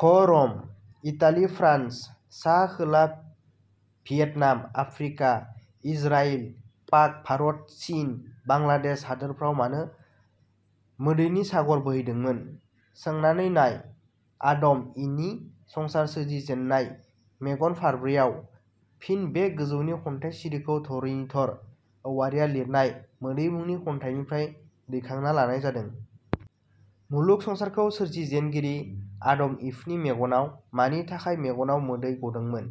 घ रम, Italy, France, सा खोला भियेटनाम, आफ्रिका, इजराइल, पाक-भारत-चीन, बांलादेश हादोरफ्राव मानो मोदैनि सागर बोहैदोंमोन? "सोंनानै नाय आदम- इनि संसार सोरजि जेन्नाय मेगन फारब्रैयाव। " फिन: बे गोजौनि खन्थाइ सिरिखौ धरणीधर औवारिया लिरनाय 'मोदै' मुंनि खन्थाइनिफ्राय दैखांना लानाय जादों। मुलुग संसारखौ सोरजिजेनगिरि आदम-इभनि मेगनाव मानि थाखाय मेगनाव मोदै गदोंमोन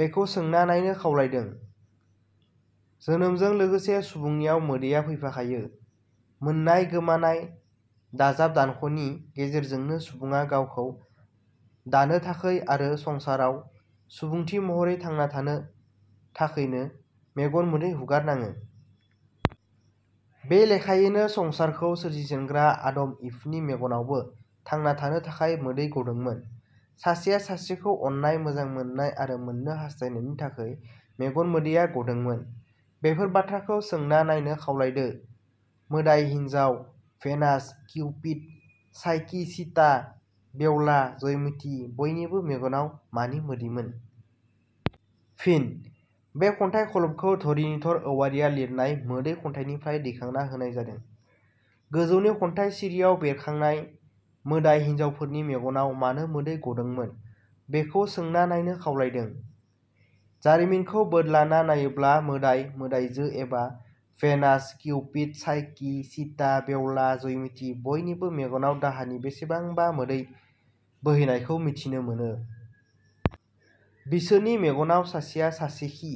बेखौ सोंना नायनो खावलायदों। जोनोमजों लोगोसे सुबुंनियाव मोदैया फैफाखायो। मोननाय-गोमानाय, दाजाब-दानख 'नि गेजेरजोंनो सुबुङा गावखौ दानो थाखै आरो संसाराव सुबुंथि महरै थांना थानो थाखैनो मेगन गोदै हुगार नाङो। बे लेखायैनो संसारखौ सोरजिजेनग्रा आदम-इभनि मेगनावबो थांना थानो थाखाय मोदै गदोंमोन। सासेया सासेखौ अननाय मोजां मोननाय आरो मोननो हास्थायनायनि थाखै मेगन मोदैया गदोंमोन। बेफोर बाथ्राखौ सोंना नायनो खावलायदो। मोदाय हिन्जाव Venus, Cupid, Psyche Sita, Behula, Joymoti बयनिबो मेगनाव मानि मोदैमोन? " फिन: बे खन्थाइ खलबखौ धरणीधर औवारिया लिरनाय 'मोदै' खन्थाइनिफ्राय दैखांना होनाय जादों। गोजौनि खन्थाइ सिरियाव बेरखांनाय मोदाय हिन्जावफोरनि मेगनाव मानो मोदै गदोंमोन बेखौ सोंना नायनो खावलायदों। जारिमिनखौ बोदलाना नायोब्ला मोदाय-मोदायजो एबा Venus, Cupid, Psyche, Sita, Behula, Joymoti बयनिबो मेगनाव दाहानि बेसेबांबा मोदै बोहैनायखौ मिथिनो मोनो। बिसोरनि मेगनाव सासेया सासेखी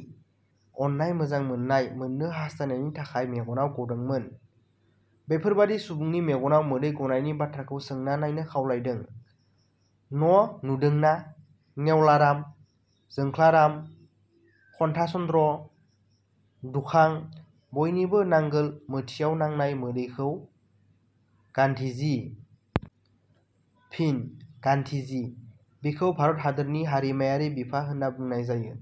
अननाय मोजां मोननाय मोननो हास्थायनायनि थाखाय मेगनाव गदोंमोन। बेफोरबादि सुबुंनि मेगनाव मोदै गनायनि बाथ्राखौ सोंना नायनो खावलायदों। ग नुदोंना- नेवलाराम, जोंखलाब खन्थाचन्द्र, दुखां बयनिबो नांगोल मोथियाव नांनाय मोदैखौ? गान्धीजी। फिन: गान्धीजी: बिखौ भारत हादोरनि हारिमायारि बिफा होनना बुंनाय जायो।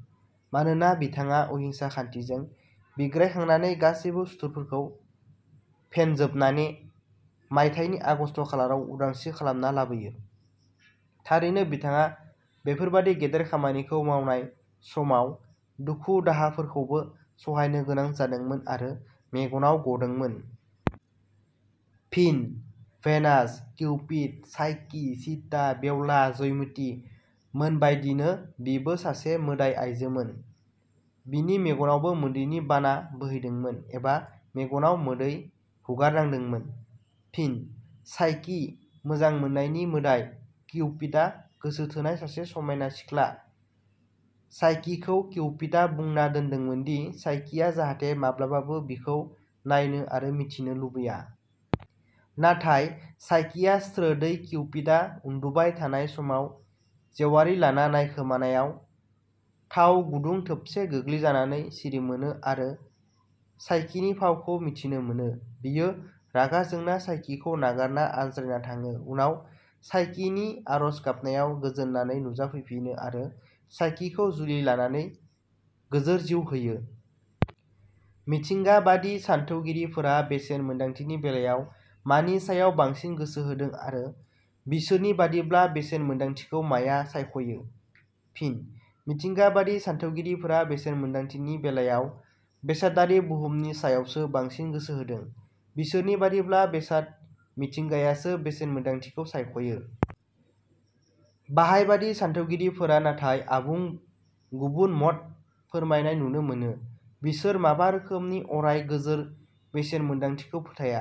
मानोना बिथाङा अहिंसा खान्थिजों बिग्रायखांनानै गासैबो सुथुरफोरखौ फेनजोबनाने मायथाइनि आगष्ट खालाराव उदांस्रि खालामना लाबोयो। थारैनो बिथाङा बेफोरबादि गेदेर खामानिखौ मावनाय समाव दुख-दाहाफोरखौबो सहायनो गोनां जादोंमोन आरो मेगनाव गदोंमोन। फिन: Venus: Cupid, Psyche, Sita, Behula, Joymoti मोनबायदिनो बिबो सासे मोदाय आइजोमोन। बिनि मेगनावबो मोदैनि बाना बोहैदोंमोन एबा मेगनाव मोदै हुगारनांदोंमोन। फिन: चाइकी: मोजां मोननायनि मोदाय किउपिदा गोसो थोनाय सासे समायना सिख्ला। चाइकीखौ किउपिदा बुंना दोनदोंमोनदि चाइकीया जाहाथे माब्लाबाबो बिखौ नायनो आरो मिथिनो लुबैया। नाथाय चाइकीया स्रोदयै किउपिदा उन्दुबाय थानाय समाव जेवारि लाना नायखोमानायाव थाव गुदुं थोबसे गोग्लैजानानै सिरिमोनो आरो चाइकीनि फावखौ मिथिनो मोनो। बियो रागा जोंना चाइकीखौ नागारना आनज्रायना थाङो। उनाव चाइकीनि आरज गाबनायाव गोजोननानै नुजाफैफिनो आरो चाइकीखौ जुलि लानानै गोजोर जिउ होयो। मिथिंगाबादि सानथौगिरिफोरा बेसेन मोन्दांथिनि बेलायाव मानि सायाव बांसिन गोसो होदों आरो बिसोरनि बादिब्ला बेसेन मोन्दांथिखौ माया सायखयो? फिनः मिथिंगाबादि सानथौगिरिफोरा बेसेन मोन्दांथिनि बेलायाव बेसादारि बहुमनि सायावसो बांसिन गोसो होदों। बिसोरनि बादिब्ला, बेसाद मिथिंगायासो बेसेन मोनदांथिखौ सायख'यो। बाहायबादि सानथौगिरिफोरा नाथाय आबुं गुबुन मत फोरमायनाय नुनो मोनो। बिसोर माबा रोखोमनि अराय गोजोर बेसेन मोन्दांथिखौ फोथाया।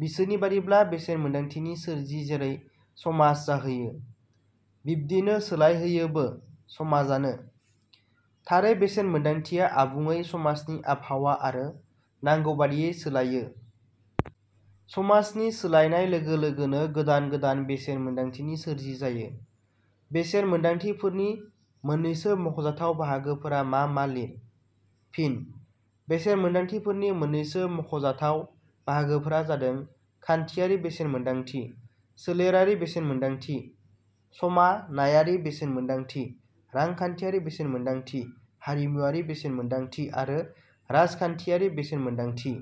बिसोरनि बादिब्ला, बेसेन मोन्दांथिनि सोरजि जेरै समाज जाहोयो, बिब्दिनो सोलायहोयोबो समाजानो। थारै बेसेन मोन्दांथिया आबुङै समाजनि आबहावा आरो नांगौबादियै सोलाइयो। समाजनि सोलायनाय लोगो लोगोनो गोदान गोदान बेसेन मोन्दांथिनि सोरजि जायो। बेसेन मोन्दांथिफोरनि मोन्नैसो मख 'जाथाव बाहागोफोरा मा मा लिर। फिनः बेसेन मोन्दांथिफोरनि मोननैसो मख 'जाथाव बाहागोफोरा जादों- खान्थियारि बेसेन मोन्दांथि, सोलेरारि बेसेन मोन्दांथि समानायारि बेसेन मोन्दांथि रांखान्थियारि बेसेन मोन्दांथि हारिमुवारि बेसेन मोन्दांथि आरो राजखान्थियारि बेसेन मोन्दांथि।